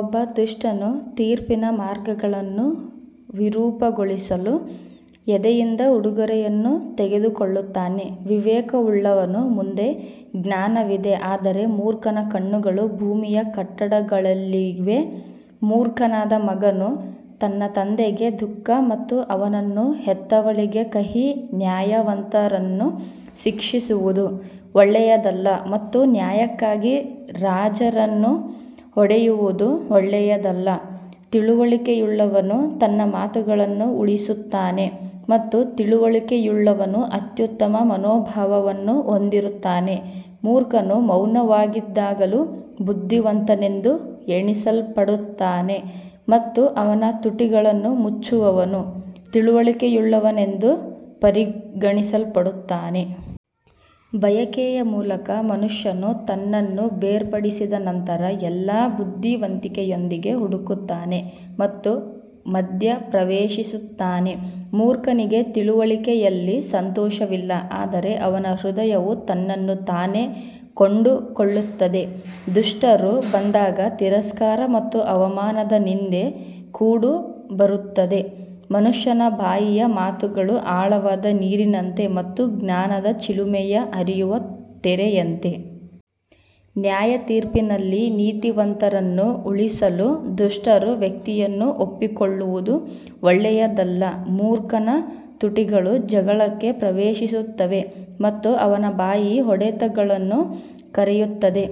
ಒಬ್ಬ ದುಷ್ಟನು ತೀರ್ಪಿನ ಮಾರ್ಗಗಳನ್ನು ವಿರೂಪಗೊಳಿಸಲು ಎದೆಯಿಂದ ಉಡುಗೊರೆಯನ್ನು ತೆಗೆದುಕೊಳ್ಳುತ್ತಾನೆ ವಿವೇಕವುಳ್ಳವನ ಮುಂದೆ ಜ್ಞಾನವಿದೆ ಆದರೆ ಮೂರ್ಖನ ಕಣ್ಣುಗಳು ಭೂಮಿಯ ಕಟ್ಟಕಡೆಗಳಲ್ಲಿವೆ ಮೂರ್ಖನಾದ ಮಗನು ತನ್ನ ತಂದೆಗೆ ದುಃಖ ಮತ್ತು ಅವನನ್ನು ಹೆತ್ತವಳಿಗೆ ಕಹಿ ನ್ಯಾಯವಂತರನ್ನು ಶಿಕ್ಷಿಸುವುದು ಒಳ್ಳೆಯದಲ್ಲ ಮತ್ತು ನ್ಯಾಯಕ್ಕಾಗಿ ರಾಜರನ್ನು ಹೊಡೆಯುವುದು ಒಳ್ಳೆಯದಲ್ಲ ತಿಳುವಳಿಕೆಯುಳ್ಳವನು ತನ್ನ ಮಾತುಗಳನ್ನು ಉಳಿಸುತ್ತಾನೆ ಮತ್ತು ತಿಳುವಳಿಕೆಯುಳ್ಳವನು ಅತ್ಯುತ್ತಮ ಮನೋಭಾವವನ್ನು ಹೊಂದಿರುತ್ತಾನೆ ಮೂರ್ಖನು ಮೌನವಾಗಿದ್ದಾಗಲೂ ಬುದ್ಧಿವಂತನೆಂದು ಎಣಿಸಲ್ಪಡುತ್ತಾನೆ ಮತ್ತು ಅವನ ತುಟಿಗಳನ್ನು ಮುಚ್ಚುವವನು ತಿಳುವಳಿಕೆಯುಳ್ಳವನೆಂದು ಪರಿಗಣಿಸಲ್ಪಡುತ್ತಾನೆ. ಬಯಕೆಯ ಮೂಲಕ ಮನುಷ್ಯನು ತನ್ನನ್ನು ಬೇರ್ಪಡಿಸಿದ ನಂತರ ಎಲ್ಲಾ ಬುದ್ಧಿವಂತಿಕೆಯೊಂದಿಗೆ ಹುಡುಕುತ್ತಾನೆ ಮತ್ತು ಮಧ್ಯಪ್ರವೇಶಿಸುತ್ತಾನೆ ಮೂರ್ಖನಿಗೆ ತಿಳುವಳಿಕೆಯಲ್ಲಿ ಸಂತೋಷವಿಲ್ಲ ಆದರೆ ಅವನ ಹೃದಯವು ತನ್ನನ್ನು ತಾನೇ ಕಂಡುಕೊಳ್ಳುತ್ತದೆ ದುಷ್ಟರು ಬಂದಾಗ ತಿರಸ್ಕಾರ ಮತ್ತು ಅವಮಾನದ ನಿಂದೆ ಕೂಡ ಬರುತ್ತದೆ ಮನುಷ್ಯನ ಬಾಯಿಯ ಮಾತುಗಳು ಆಳವಾದ ನೀರಿನಂತೆ ಮತ್ತು ಜ್ಞಾನದ ಚಿಲುಮೆಯು ಹರಿಯುವ ತೊರೆಯಂತೆ. ನ್ಯಾಯತೀರ್ಪಿನಲ್ಲಿ ನೀತಿವಂತರನ್ನು ಉರುಳಿಸಲು ದುಷ್ಟರ ವ್ಯಕ್ತಿಯನ್ನು ಒಪ್ಪಿಕೊಳ್ಳುವುದು ಒಳ್ಳೆಯದಲ್ಲ ಮೂರ್ಖನ ತುಟಿಗಳು ಜಗಳಕ್ಕೆ ಪ್ರವೇಶಿಸುತ್ತವೆ ಮತ್ತು ಅವನ ಬಾಯಿ ಹೊಡೆತಗಳನ್ನು ಕರೆಯುತ್ತದೆ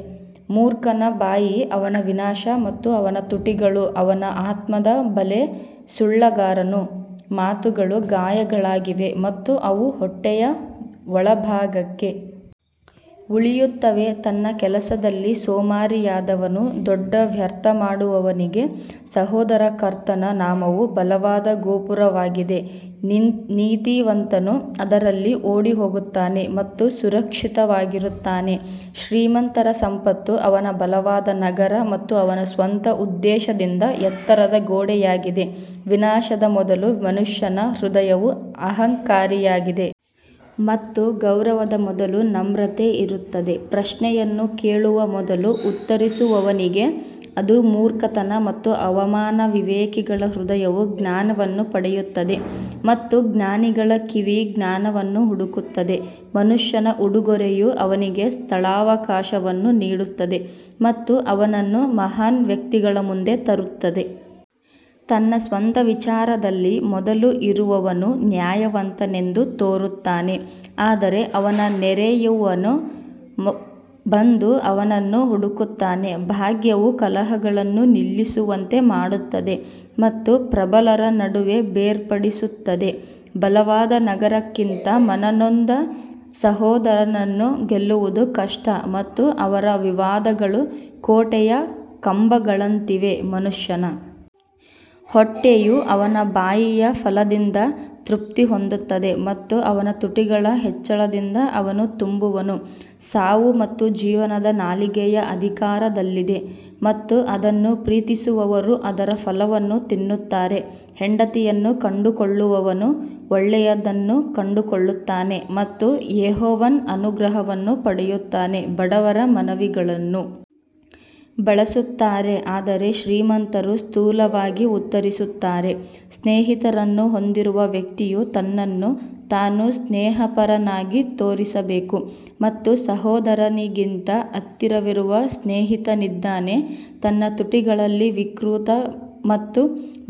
ಮೂರ್ಖನ ಬಾಯಿ ಅವನ ವಿನಾಶ ಮತ್ತು ಅವನ ತುಟಿಗಳು ಅವನ ಆತ್ಮದ ಬಲೆ ಸುಳ್ಳುಗಾರನ ಮಾತುಗಳು ಗಾಯಗಳಾಗಿವೆ ಮತ್ತು ಅವು ಹೊಟ್ಟೆಯ ಒಳಭಾಗಕ್ಕೆ ಇಳಿಯುತ್ತವೆ ತನ್ನ ಕೆಲಸದಲ್ಲಿ ಸೋಮಾರಿಯಾದವನು ದೊಡ್ಡ ವ್ಯರ್ಥ ಮಾಡುವವನಿಗೆ ಸಹೋದರ ಕರ್ತನ ನಾಮವು ಬಲವಾದ ಗೋಪುರವಾಗಿದೆ, ನೀತಿವಂತನು ಅದರಲ್ಲಿ ಓಡಿಹೋಗುತ್ತಾನೆ ಮತ್ತು ಸುರಕ್ಷಿತವಾಗಿರುತ್ತಾನೆ ಶ್ರೀಮಂತರ ಸಂಪತ್ತು ಅವನ ಬಲವಾದ ನಗರ ಮತ್ತು ಅವನ ಸ್ವಂತ ಉದ್ದೇಶದಿಂದ ಎತ್ತರದ ಗೋಡೆಯಾಗಿದೆ ವಿನಾಶದ ಮೊದಲು ಮನುಷ್ಯನ ಹೃದಯವು ಅಹಂಕಾರಿಯಾಗಿದೆ ಮತ್ತು ಗೌರವದ ಮೊದಲು ನಮ್ರತೆ ಇರುತ್ತದೆ ಪ್ರಶ್ನೆಯನ್ನು ಕೇಳುವ ಮೊದಲು ಉತ್ತರಿಸುವವನಿಗೆ ಅದು ಮೂರ್ಖತನ ಮತ್ತು ಅವಮಾನ ವಿವೇಕಿಗಳ ಹೃದಯವು ಜ್ಞಾನವನ್ನು ಪಡೆಯುತ್ತದೆ ಮತ್ತು ಜ್ಞಾನಿಗಳ ಕಿವಿ ಜ್ಞಾನವನ್ನು ಹುಡುಕುತ್ತದೆ ಮನುಷ್ಯನ ಉಡುಗೊರೆಯು ಅವನಿಗೆ ಸ್ಥಳಾವಕಾಶವನ್ನು ನೀಡುತ್ತದೆ ಮತ್ತು ಅವನನ್ನು ಮಹಾನ್ ವ್ಯಕ್ತಿಗಳ ಮುಂದೆ ತರುತ್ತದೆ ತನ್ನ ಸ್ವಂತ ವಿಚಾರದಲ್ಲಿ ಮೊದಲು ಇರುವವನು ನ್ಯಾಯವಂತನೆಂದು ತೋರುತ್ತಾನೆ ಆದರೆ ಅವನ ನೆರೆಯವನು ಬಂದು ಅವನನ್ನು ಹುಡುಕುತ್ತಾನೆ ಭಾಗ್ಯವು ಕಲಹಗಳನ್ನು ನಿಲ್ಲಿಸುವಂತೆ ಮಾಡುತ್ತದೆ ಮತ್ತು ಪ್ರಬಲರ ನಡುವೆ ಬೇರ್ಪಡುತ್ತದೆ ಬಲವಾದ ನಗರಕ್ಕಿಂತ ಮನನೊಂದ ಸಹೋದರನನ್ನು ಗೆಲ್ಲುವುದು ಕಷ್ಟ ಮತ್ತು ಅವರ ವಿವಾದಗಳು ಕೋಟೆಯ ಕಂಬಗಳಂತಿವೆ ಮನುಷ್ಯನ ಹೊಟ್ಟೆಯು ಅವನ ಬಾಯಿಯ ಫಲದಿಂದ ತೃಪ್ತಿ ಹೊಂದುತ್ತದೆ ಮತ್ತು ಅವನ ತುಟಿಗಳ ಹೆಚ್ಚಳದಿಂದ ಅವನು ತುಂಬುವನು ಸಾವು ಮತ್ತು ಜೀವನವು ನಾಲಿಗೆಯ ಅಧಿಕಾರದಲ್ಲಿದೆ ಮತ್ತು ಅದನ್ನು ಪ್ರೀತಿಸುವವರು ಅದರ ಫಲವನ್ನು ತಿನ್ನುತ್ತಾರೆ ಹೆಂಡತಿಯನ್ನು ಕಂಡುಕೊಳ್ಳುವವನು ಒಳ್ಳೆಯದನ್ನು ಕಂಡುಕೊಳ್ಳುತ್ತಾನೆ ಮತ್ತು ಯೆಹೋವನ ಅನುಗ್ರಹವನ್ನು ಪಡೆಯುತ್ತಾನೆ ಬಡವರು ಮನವಿಗಳನ್ನು ಬಳಸುತ್ತಾರೆ ಆದರೆ ಶ್ರೀಮಂತರು ಸ್ಥೂಲವಾಗಿ ಉತ್ತರಿಸುತ್ತಾರೆ ಸ್ನೇಹಿತರನ್ನು ಹೊಂದಿರುವ ವ್ಯಕ್ತಿಯು ತನ್ನನ್ನು ತಾನು ಸ್ನೇಹಪರನಾಗಿ ತೋರಿಸಬೇಕು ಮತ್ತು ಸಹೋದರನಿಗಿಂತ ಹತ್ತಿರವಿರುವ ಸ್ನೇಹಿತನಿದ್ದಾನೆ ತನ್ನ ತುಟಿಗಳಲ್ಲಿ ವಿಕೃತ ಮತ್ತು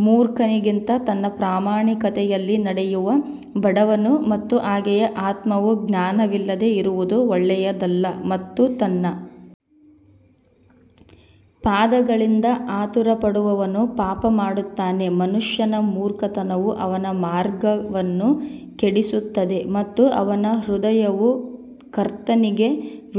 ಮೂರ್ಖನಿಗಿಂತ ತನ್ನ ಪ್ರಾಮಾಣಿಕತೆಯಲ್ಲಿ ನಡೆಯುವ ಬಡವನು ಉತ್ತಮ ಹಾಗೆಯೇ ಆತ್ಮವು ಜ್ಞಾನವಿಲ್ಲದೆ ಇರುವುದು ಒಳ್ಳೆಯದಲ್ಲ ಮತ್ತು ತನ್ನ ಪಾದಗಳಿಂದ ಆತುರಪಡುವವನು ಪಾಪ ಮಾಡುತ್ತಾನೆ ಮನುಷ್ಯನ ಮೂರ್ಖತನವು ಅವನ ಮಾರ್ಗವನ್ನು ಕೆಡಿಸುತ್ತದೆ ಮತ್ತು ಅವನ ಹೃದಯವು ಕರ್ತನಿಗೆ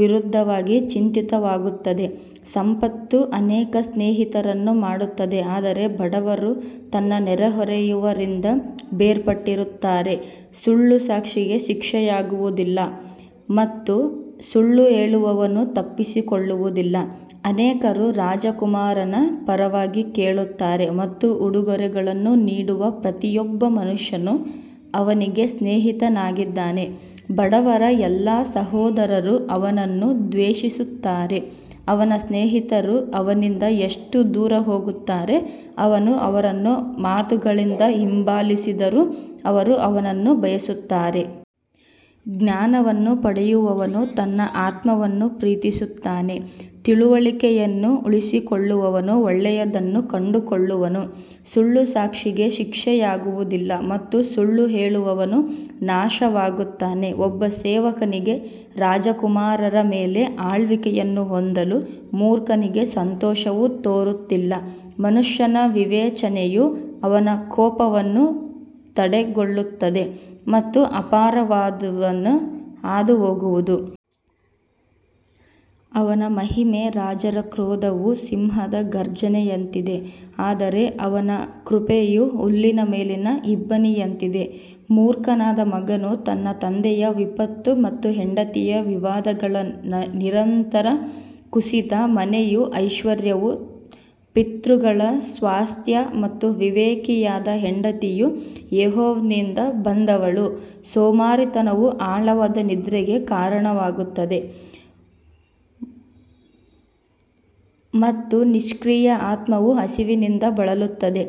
ವಿರುದ್ಧವಾಗಿ ಚಿಂತಿತವಾಗುತ್ತದೆ ಸಂಪತ್ತು ಅನೇಕ ಸ್ನೇಹಿತರನ್ನು ಮಾಡುತ್ತದೆ ಆದರೆ ಬಡವರು ತನ್ನ ನೆರೆಹೊರೆಯವರಿಂದ ಬೇರ್ಪಟ್ಟಿದ್ದಾರೆ ಸುಳ್ಳು ಸಾಕ್ಷಿಗೆ ಶಿಕ್ಷೆಯಾಗುವುದಿಲ್ಲ ಮತ್ತು ಸುಳ್ಳು ಹೇಳುವವನು ತಪ್ಪಿಸಿಕೊಳ್ಳುವುದಿಲ್ಲ ಅನೇಕರು ರಾಜಕುಮಾರನ ಪರವಾಗಿ ಕೇಳುತ್ತಾರೆ ಮತ್ತು ಉಡುಗೊರೆಗಳನ್ನು ನೀಡುವ ಪ್ರತಿಯೊಬ್ಬ ಮನುಷ್ಯನು ಅವನಿಗೆ ಸ್ನೇಹಿತನಾಗಿದ್ದಾನೆ ಬಡವರ ಎಲ್ಲಾ ಸಹೋದರರು ಅವನನ್ನು ದ್ವೇಷಿಸುತ್ತಾರೆ, ಅವನ ಸ್ನೇಹಿತರು ಅವನಿಂದ ಎಷ್ಟು ದೂರ ಹೋಗುತ್ತಾರೆ, ಅವನು ಅವರನ್ನು ಮಾತುಗಳಿಂದ ಹಿಂಬಾಲಿಸಿದರೂ ಅವರು ಅವನನ್ನು ಬಯಸುತ್ತಾರೆ. ಜ್ಞಾನವನ್ನು ಪಡೆಯುವವನು ತನ್ನ ಆತ್ಮವನ್ನು ಪ್ರೀತಿಸುತ್ತಾನೆ, ತಿಳುವಳಿಕೆಯನ್ನು ಉಳಿಸಿಕೊಳ್ಳುವವನು ಒಳ್ಳೆಯದನ್ನು ಕಂಡುಕೊಳ್ಳುವನು ಸುಳ್ಳು ಸಾಕ್ಷಿಗೆ ಶಿಕ್ಷೆಯಾಗುವುದಿಲ್ಲ ಮತ್ತು ಸುಳ್ಳು ಹೇಳುವವನು ನಾಶವಾಗುತ್ತಾನೆ ಒಬ್ಬ ಸೇವಕನಿಗೆ ರಾಜಕುಮಾರರ ಮೇಲೆ ಆಳ್ವಿಕೆಯನ್ನು ಹೊಂದಲು ಮೂರ್ಖನಿಗೆ ಸಂತೋಷವು ತೋರುತ್ತಿಲ್ಲ ಮನುಷ್ಯನ ವಿವೇಚನೆಯು ಅವನ ಕೋಪವನ್ನು ತಡೆದುಕೊಳ್ಳುತ್ತದೆ ಮತ್ತು ಅಪರಾಧವನ್ನು ಹಾದುಹೋಗುವುದು ಅವನ ಮಹಿಮೆ ರಾಜರ ಕ್ರೋಧವು ಸಿಂಹದ ಘರ್ಜನೆಯಂತಿದೆ ಆದರೆ ಅವನ ಕೃಪೆಯು ಹುಲ್ಲಿನ ಮೇಲಿನ ಇಬ್ಬನಿಯಂತಿದೆ ಮೂರ್ಖನಾದ ಮಗನು ತನ್ನ ತಂದೆಯ ವಿಪತ್ತು ಮತ್ತು ಹೆಂಡತಿಯ ವಿವಾದಗಳು ನಿರಂತರ ಕುಸಿತ ಮನೆಯೂ ಐಶ್ವರ್ಯವೂ ಪಿತೃಗಳ ಸ್ವಾಸ್ತ್ಯ ಮತ್ತು ವಿವೇಕಿಯಾದ ಹೆಂಡತಿಯು ಯೆಹೋವನಿಂದ ಬಂದವಳು ಸೋಮಾರಿತನವು ಆಳವಾದ ನಿದ್ರೆಗೆ ಕಾರಣವಾಗುತ್ತದೆ ಮತ್ತು ನಿಷ್ಕ್ರಿಯ ಆತ್ಮವು ಹಸಿವಿನಿಂದ ಬಳಲುತ್ತದೆ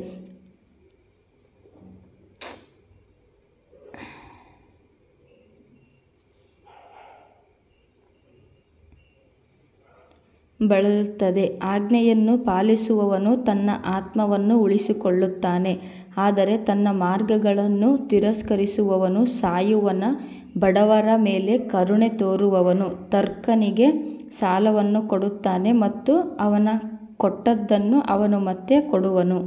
ಆಜ್ಞೆಯನ್ನು ಪಾಲಿಸುವವನು ತನ್ನ ಆತ್ಮವನ್ನು ಉಳಿಸಿಕೊಳ್ಳುತ್ತಾನೆ ಆದರೆ ತನ್ನ ಮಾರ್ಗಗಳನ್ನು ತಿರಸ್ಕರಿಸುವವನು ಸಾಯುವನು ಬಡವರ ಮೇಲೆ ಕರುಣೆ ತೋರುವವನು ಕರ್ತನಿಗೆ ಸಾಲವನ್ನು ಕೊಡುತ್ತಾನೆ ಮತ್ತು ಅವನು ಕೊಟ್ಟದ್ದನ್ನು ಅವನು ಮತ್ತೆ ಕೊಡುವನು.